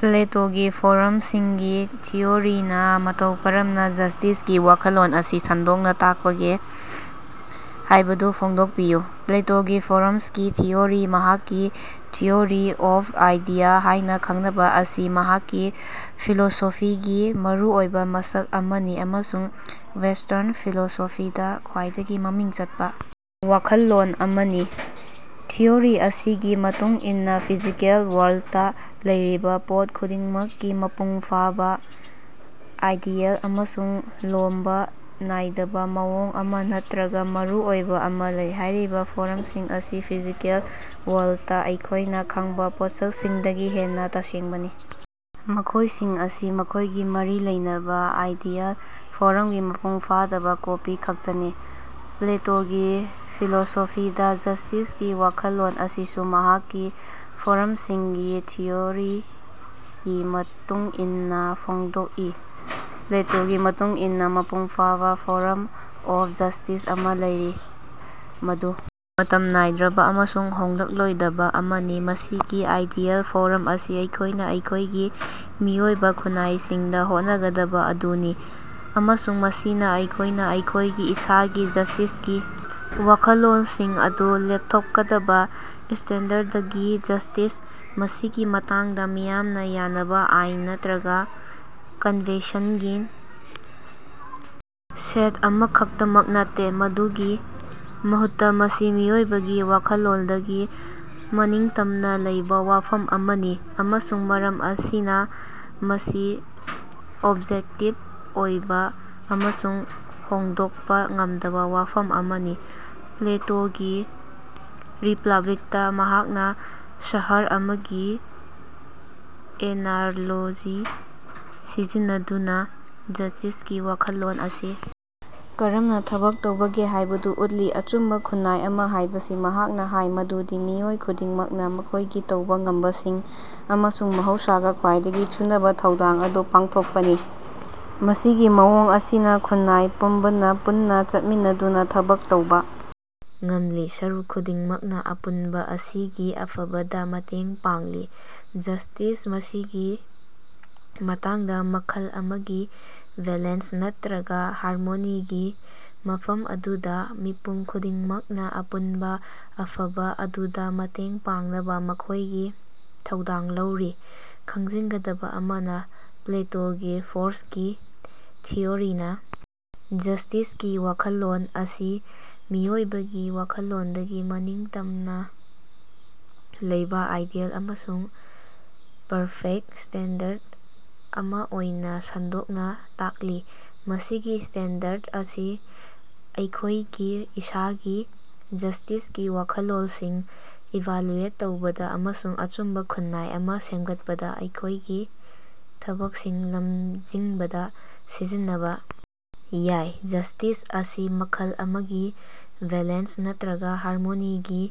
ꯄ꯭ꯂꯦꯇꯣꯒꯤ ꯐꯣ꯭ꯔꯝꯁꯤꯡꯒꯤ ꯊꯤꯑꯣꯔꯤꯅ ꯃꯇꯧ ꯀꯔꯝꯅ ꯖꯁꯇꯤꯁꯀꯤ ꯋꯥꯈꯜꯂꯣꯟ ꯑꯁꯤ ꯁꯟꯗꯣꯛꯅ ꯇꯥꯛꯄꯒꯦ ꯍꯥꯏꯕꯗꯨ ꯐꯣꯡꯗꯣꯛꯄꯤꯌꯨ꯫ ꯄ꯭ꯂꯦꯇꯣꯒꯤ ꯐꯣ꯭ꯔꯝꯁꯀꯤ ꯊꯤꯑꯣꯔꯤ, ꯃꯍꯥꯛꯀꯤ ꯊꯤꯑꯣꯔꯤ ꯑꯣꯐ ꯑꯥꯏꯗꯤꯌꯥ ꯍꯥꯏꯅ ꯈꯪꯅꯕ ꯑꯁꯤ ꯃꯍꯥꯛꯀꯤ ꯐꯤꯂꯣꯁꯣꯐꯤꯒꯤ ꯃꯔꯨꯑꯣꯏꯕ ꯃꯁꯛ ꯑꯃꯅꯤ ꯑꯃꯁꯨꯡ ꯋꯦꯁꯇ꯭ꯔꯟ ꯐꯤꯂꯣꯁꯣꯐꯤꯗ ꯈ꯭ꯋꯥꯏꯗꯒꯤ ꯃꯃꯤꯡ ꯆꯠꯄ ꯋꯥꯈꯜꯂꯣꯟ ꯑꯃꯅꯤ꯫ ꯊꯤꯑꯣꯔꯤ ꯑꯁꯤꯒꯤ ꯃꯇꯨꯡ ꯏꯟꯅ ꯐꯤꯖꯤꯀꯦꯜ ꯋꯥꯔꯜꯗꯇꯥ ꯂꯩꯔꯤꯕ ꯄꯣꯠ ꯈꯨꯗꯤꯡꯃꯛꯀꯤ ꯃꯄꯨꯡ ꯐꯥꯕ, ꯑꯥꯏꯗꯤꯌꯦꯜ ꯑꯃꯁꯨꯡ ꯂꯣꯝꯕ ꯅꯥꯏꯗꯕꯥ ꯃꯑꯣꯡ ꯑꯃ ꯅꯠꯇꯔꯒꯥ ꯃꯔꯨꯑꯣꯏꯕ ꯑꯃ‌ ꯂꯩ꯫ ꯍꯥꯏꯔꯤꯕ ꯐꯣ꯭ꯔꯝꯁꯤꯡ ꯑꯁꯤ ꯐꯤꯖꯤꯀꯦꯜ ꯋꯥꯔꯜꯗꯇꯥ ꯑꯩꯈꯣꯏꯅ ꯈꯪꯕ ꯄꯣꯠꯁꯛꯁꯤꯡꯗꯒꯤ ꯍꯦꯟꯅ ꯇꯁꯦꯡꯕꯅꯤ, ꯃꯈꯣꯏꯁꯤꯡ ꯑꯁꯤ ꯃꯈꯣꯏꯒꯤ ꯃꯔꯤ ꯂꯩꯅꯕꯥ ꯑꯥꯏꯗꯤꯌꯦꯜ ꯐꯣ꯭ꯔꯝꯒꯤ ꯃꯄꯨꯡ ꯐꯥꯗꯕ ꯀꯣꯄꯤ ꯈꯛꯇꯅꯤ꯫ ꯄ꯭ꯂꯦꯇꯣꯒꯤ ꯐꯤꯂꯣꯁꯣꯐꯤꯗꯥ ꯖꯁꯇꯤꯁꯀꯤ ꯋꯥꯈꯜꯂꯣꯟ ꯑꯁꯤꯁꯨ ꯃꯍꯥꯛꯀꯤ ꯐꯣ‍꯭ꯔꯝꯁꯤꯡꯒꯤ ꯊꯤꯑꯣꯔꯤꯒꯤ ꯃꯇꯨꯡ ꯏꯟꯅ ꯐꯣꯡꯗꯣꯛꯏ꯫ ꯄ꯭ꯂꯦꯇꯣꯒꯤ ꯃꯇꯨꯡ ꯏꯟꯅ ꯃꯄꯨꯡ ꯐꯥꯕ ꯐꯣ꯭ꯔꯝ ꯑꯣꯐ ꯖꯁꯇꯤꯁ ꯑꯃ ꯂꯩꯔꯤ, ꯃꯗꯨ ꯃꯇꯝ ꯅꯥꯏꯗ꯭ꯔꯕ ꯑꯃꯁꯨꯡ ꯍꯣꯡꯂꯛꯂꯣꯏꯗꯕ ꯑꯃꯅꯤ꯫ ꯃꯁꯤꯒꯤ ꯑꯥꯏꯗꯤꯌꯦꯜ ꯐꯣꯔꯝ ꯑꯁꯤ ꯑꯩꯈꯣꯏꯅ ꯑꯩꯈꯣꯏꯒꯤ ꯃꯤꯑꯣꯏꯕ ꯈꯨꯟꯅꯥꯏꯁꯤꯡꯗ ꯍꯣꯠꯅꯒꯗꯕ ꯑꯗꯨꯅꯤ, ꯑꯃꯁꯨꯡ ꯃꯁꯤꯅ ꯑꯩꯈꯣꯏꯅ ꯑꯩꯈꯣꯏꯒꯤ ꯏꯁꯥꯒꯤ ꯖꯁꯇꯤꯁꯀꯤ ꯋꯥꯈꯜꯂꯣꯟꯁꯤꯡ ꯑꯗꯨ ꯂꯦꯞꯊꯣꯛꯀꯗꯕꯥ ꯁ꯭ꯇꯦꯟꯗꯔꯗꯅꯤ꯫ ꯖꯁꯇꯤꯁ, ꯃꯁꯤꯒꯤ ꯃꯇꯥꯡꯗ, ꯃꯤꯌꯥꯝꯅ ꯌꯥꯅꯕꯥ ꯑꯥꯏꯟ ꯅꯠꯇꯔꯒ ꯀꯟꯚꯦꯟꯁꯟꯒꯤ ꯁꯦꯠ ꯑꯃꯈꯛꯇꯃꯛ ꯅꯠꯇꯦ, ꯃꯗꯨꯒꯤ ꯃꯍꯨꯠꯇ ꯃꯁꯤ ꯃꯤꯑꯣꯏꯕꯒꯤ ꯋꯥꯈꯜꯂꯣꯟꯗꯒꯤ ꯃꯅꯤꯡꯇꯝꯅ ꯂꯩꯕ ꯋꯥꯐꯝ ꯑꯃꯅꯤ, ꯑꯃꯁꯨꯡ ꯃꯔꯝ ꯑꯁꯤꯅ ꯃꯁꯤ ꯑꯣꯕꯖꯦꯛꯇꯤꯕ ꯑꯣꯏꯕ ꯑꯃꯁꯨꯡ ꯍꯣꯡꯗꯣꯛꯄ ꯉꯝꯗꯕ ꯋꯥꯐꯝ ꯑꯃꯅꯤ꯫ ꯄ꯭ꯂꯦꯇꯣꯒꯤ ꯔꯤꯄꯥꯕ꯭ꯂꯤꯛꯇꯥ ꯃꯍꯥꯛꯅ ꯁꯍꯔ ꯑꯃꯒꯤ ꯑꯦꯅꯥꯂꯣꯖꯤ ꯁꯤꯖꯤꯟꯅꯗꯨꯅ ꯖꯁꯇꯤꯁꯀꯤ ꯋꯥꯈꯜꯂꯣꯟ ꯑꯁꯤ ꯀꯔꯝꯅ ꯊꯕꯛ ꯇꯧꯕꯒꯦ ꯍꯥꯏꯕꯗꯨ ꯎꯠꯂꯤ꯫ ꯑꯆꯨꯝꯕ ꯈꯨꯟꯅꯥꯏ ꯑꯃ ꯍꯥꯏꯕꯁꯤ ꯃꯍꯥꯛꯅ ꯍꯥꯏ ꯃꯗꯨꯗꯤ ꯃꯤꯑꯣꯏ ꯈꯨꯗꯤꯡꯃꯛꯅ ꯃꯈꯣꯏꯒꯤ ꯇꯧꯕ ꯉꯝꯕꯁꯤꯡ ꯑꯃꯁꯨꯡ ꯃꯍꯧꯁꯥꯒ ꯈ꯭ꯋꯥꯏꯗꯒꯤ ꯆꯨꯅꯕꯥ ꯊꯧꯗꯥꯡ ꯑꯗꯨ ꯄꯥꯡꯊꯣꯛꯄꯅꯤ꯫ ꯃꯁꯤꯒꯤ ꯃꯑꯣꯡ ꯑꯁꯤꯅ ꯈꯨꯟꯅꯥꯏ ꯄꯨꯝꯕꯅꯥ ꯄꯨꯟꯅ ꯆꯠꯃꯤꯟꯅꯗꯨꯅ ꯊꯕꯛ ꯇꯧꯕ ꯉꯝꯂꯤ, ꯁꯔꯨꯛ ꯈꯨꯗꯤꯡꯃꯛꯅ ꯑꯄꯨꯟꯕ ꯑꯁꯤꯒꯤ ꯑꯐꯕꯗꯥ ꯃꯇꯦꯡ ꯄꯥꯡꯂꯤ꯫ ꯖꯁꯇꯤꯁ, ꯃꯁꯤꯒꯤ ꯃꯇꯥꯡꯗ, ꯃꯈꯜ ꯑꯃꯒꯤ ꯕꯦꯂꯦꯟꯁ ꯅꯠꯇꯔꯒ ꯍꯥꯔꯃꯣꯅꯤꯅꯤ, ꯃꯐꯝ ꯑꯗꯨꯗ ꯃꯤꯄꯨꯝ ꯈꯨꯗꯤꯡꯃꯛꯅ ꯑꯄꯨꯟꯕ ꯑꯐꯕ ꯑꯗꯨꯗ ꯃꯇꯦꯡ ꯄꯥꯡꯅꯕ ꯃꯈꯣꯏꯒꯤ ꯊꯧꯗꯥꯡ ꯂꯧꯔꯤ꯫ ꯈꯪꯖꯤꯟꯒꯗꯕ ꯑꯃꯅ, ꯄ꯭ꯂꯦꯇꯣꯒꯤ ꯐꯣ꯭ꯔꯁꯀꯤ ꯊꯤꯑꯣꯔꯤꯅ ꯖꯁꯇꯤꯁꯀꯤ ꯋꯥꯈꯜꯂꯣꯟ ꯑꯁꯤ ꯃꯤꯑꯣꯏꯕꯒꯤ ꯋꯥꯈꯜꯂꯣꯟꯗꯒꯤ ꯃꯅꯤꯡꯇꯝꯅ ꯂꯩꯕ ꯑꯥꯏꯗꯤꯌꯦꯜ ꯑꯃꯁꯨꯡ ꯄꯔꯐꯦꯛꯇ ꯁ꯭ꯇꯦꯟꯗꯔꯗ ꯑꯃ ꯑꯣꯏꯅ ꯁꯟꯗꯣꯛꯅ ꯇꯥꯛꯂꯤ꯫ ꯃꯁꯤꯒꯤ ꯁ꯭ꯇꯦꯟꯗꯔꯗ ꯑꯁꯤ ꯑꯩꯈꯣꯏꯒꯤ ꯏꯁꯥꯒꯤ ꯖꯁꯇꯤꯁꯀꯤ ꯋꯥꯈꯜꯂꯣꯟꯁꯤꯡ ꯏꯚꯥꯂꯨꯑꯦꯠ ꯇꯧꯕꯗ ꯑꯃꯁꯨꯡ ꯑꯆꯨꯝꯕ ꯈꯨꯟꯅꯥꯏ ꯑꯃ ꯁꯦꯝꯒꯠꯄꯗ ꯑꯩꯈꯣꯏꯒꯤ ꯊꯕꯛꯁꯤꯡ ꯂꯝꯖꯤꯡꯕꯗ ꯁꯤꯖꯤꯟꯅꯕꯥ ꯌꯥꯏ꯫ ꯖꯁꯇꯤꯁ ꯑꯁꯤ ꯃꯈꯜ ꯑꯃꯒꯤ ꯕꯦꯂꯦꯟꯁ ꯅꯠꯇꯔꯒ ꯍꯥꯔꯃꯣꯅꯤꯅꯤ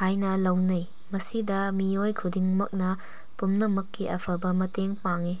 ꯍꯥꯏꯅ ꯂꯧꯅꯩ, ꯃꯁꯤꯗ ꯃꯤꯑꯣꯏ ꯈꯨꯗꯤꯡꯃꯛꯅ ꯄꯨꯝꯅꯃꯛꯀꯤ ꯑꯐꯕ ꯃꯇꯦꯡ ꯄꯥꯡꯏ꯫